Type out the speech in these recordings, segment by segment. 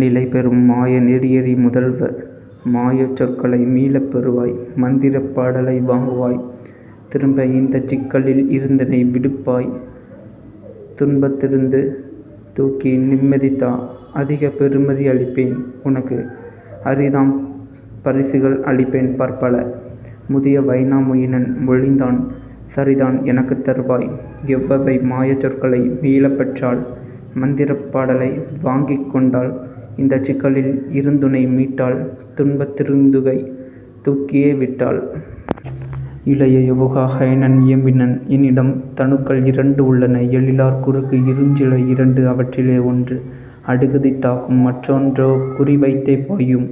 நிலைபெறும் மாய நெறியறி முதல்வ! மாயச் சொற்களை மீளப் பெறுவாய் மந்திரப் பாடலை வாங்குவாய் திரும்ப இந்தச் சிக்கலில் இருந்தெனை விடுப்பாய் துன்பத் திருந்து தூக்கிநிம் மதிதா அதிக பெறுமதி அளிப்பேன் உனக்கு அரிதாம் பரிசுகள் அளிப்பேன் பற்பல. " முதிய வைனா மொயினன் மொழிந்தான்: "சரிதான் எனக்குத் தருவாய் எவ்வெவை மாயச் சொற்களை மீளப் பெற்றால் மந்திரப் பாடலை வாங்கிக் கொண்டால் இந்தச் சிக்கலில் இருந்துனை மீட்டால் துன்பத் திருந்துகை தூக்கியே விட்டால்? " இளைய யொவுகா ஹைனன் இயம்பினன்: "என்னிடம் தனுக்கள் இரண்டு உள்ளன எழிலார் குறுக்கு இருஞ்சிலை இரண்டு அவற்றிலே ஒன்று அடுகதித் தாக்கும் மற்றொன் றோகுறி வைத்தே பாயும்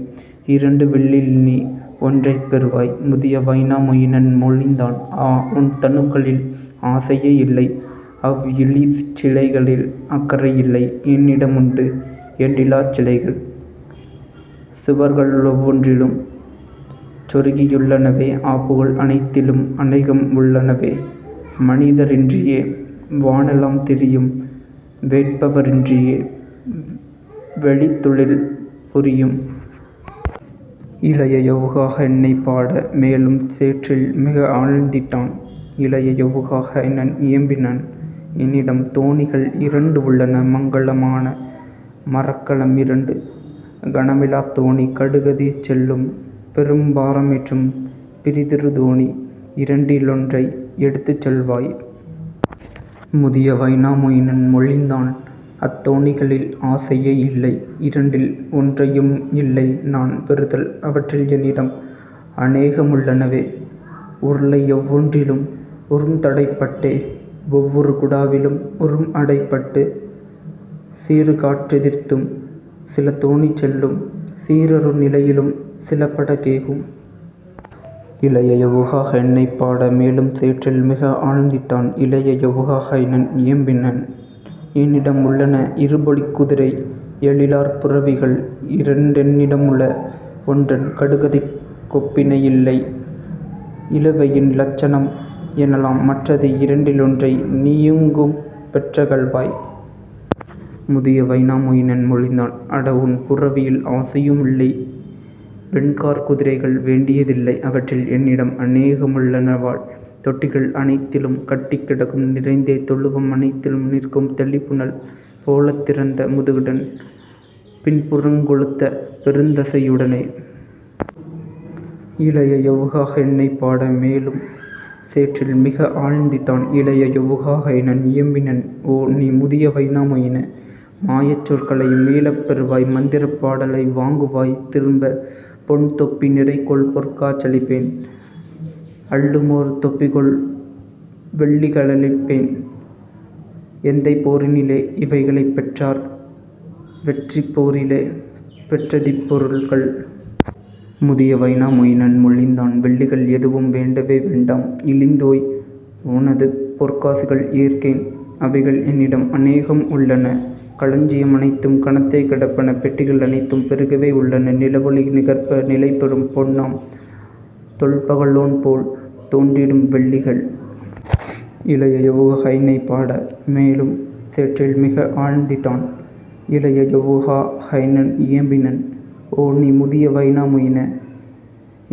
இரண்டு வில்லில்நீ ஒன்றைப் பெறுவாய். " முதிய வைனா மொயினன் மொழிந்தான்: "ஆ, உன் தனுக்களில் ஆசையே இல்லை அவ்இழி சிலைகளில் அக்கறை இல்லை என்னிட முண்டு எண்ணிலாச் சிலைகள் சுவர்களொவ் வொன்றிலும் சொருகியுள் ளனவே ஆப்புகள் அனைத்திலும் அனேகம்உள் ளனவே மனித ரின்றியே வானெலாம் திரியும் வேட்பவ ரின்றியே வெளித் தொழில் புரியும். " இளைய யொவுகா ஹெனனைப் பாட மேலும் சேற்றில் மிகஆழ்ந் திட்டான். இளைய யொவுகா ஹைனன் இயம்பினன்: "என்னிடம் தோணிகள் இரண்டு உள்ளன மங்கல மான மரக்கல மிரண்டு கனமிலாத் தோணி கடுகதி செல்லும் பெரும் பாரமேற்றும் பிறிதொரு தோணி இரண்டி லொன்றை எடுத்துச் செல்வாய். " முதிய வைனா மொயினன் மொழிந்தான்: "அத்தோ ணிகளில் ஆசையே இல்லை இரண்டில் ஒன்றையும் இல்லைநான் பெறுதல் அவற்றில் என்னிடம் அநேகமுள் ளனவே உருளையொவ் வொன்றிலும் உறும்தடைப் பட்டே ஒவ்வொரு குடாவிலும் உறும்அடை பட்டு சீறுகாற் றெதிர்த்தும் சிலதோணி செல்லும் சீரறு நிலையிலும் சிலபட கேகும். " இளைய யொவுகா ஹெனனைப் பாட மேலும் சேற்றில் மிகஆழ்ந் திட்டான். இளைய யொவுகா ஹைனன் இயம்பினன்: "என்னிடம் உள்ளன இருபொலிக் குதிரை எழிலார் புரவிகள் இரண்டென் னிடமுள ஒன்றன் கடுகதிக் கொப்பிணை யில்லை இழுவையின் இலட்சணம் எனலாம் மற்றது இரண்டி லொன்றைநீ யீங்குபெற் றகல்வாய். " முதிய வைனா மொயினன் மொழிந்தான்: "அட, உன் புரவியில் ஆசையு மில்லை வெண்காற் குதிரைகள் வேண்டிய தில்லை அவற்றில் என்னிடம் அனேகமுள் ளனவால் தொட்டிகள் அனைத்திலும் கட்டிக் கிடக்கும் நிறைந்தே தொழுவம் அனைத்திலும் நிற்கும் தெளிபுனல் போலத் திரண்ட முதுகுடன் பின்புறங் கொழுத்த பெருந்தசை யுடனே. " இளைய யொவுகா ஹெனனைப் பாட மேலும் சேற்றில் மிகஆழ்ந் திட்டான். இளைய யொவுகா ஹைனன் இயம்பினன்: "ஓ, நீ முதிய வைனா மொயின! மாயச் சொற்களை மீளப் பெறுவாய் மந்திரப் பாடலை வாங்குவாய் திரும்ப பொன்தொப்பி நிறைகொள் பொற்கா சளிப்பேன் அள்ளுமோர் தொப்பிகொள் வெள்ளிக ளளிப்பேன் எந்தைபோ ரினிலே இவைகளைப் பெற்றார் வெற்றிப் போரிலே பெற்றதிப் பொருள்கள். " முதிய வைனா மொயினன் மொழிந்தான்: "வெள்ளிகள் எதுவும் வேண்டவே வேண்டாம் இழிந்தோய், உனதுபொற் காசுகள் ஏற்கேன் அவைகள் என்னிடம் அனேகம் உள்ளன களஞ்சியம் அனைத்தும் கனத்தே கிடப்பன பெட்டிகள் அனைத்தும் பெருகவே உள்ளன நிலாவொளி நிகர்ப்ப நிலைபெறும் பொன்னாம் தொல்பக லோன்போல் தோன்றிடும் வெள்ளிகள். " இளைய யொவுகா ஹைனனைப் பாட மேலும் சேற்றில் மிகஆழ்ந் திட்டான். இளைய யொவுகா ஹைனன் இயம்பினன்: "ஓ, நீ முதிய வைனா மொயின!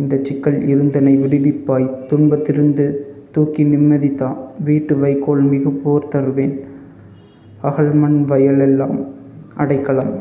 இந்தச் சிக்கல் இருந்தெனை விடுவிப்பாய் துன்பத் திருந்து தூக்கிநிம் மதிதா வீட்டு வைக்கோல் மிகுபோர் தருவேன் அகல்மண் வயலெலாம் அடைக்கலம்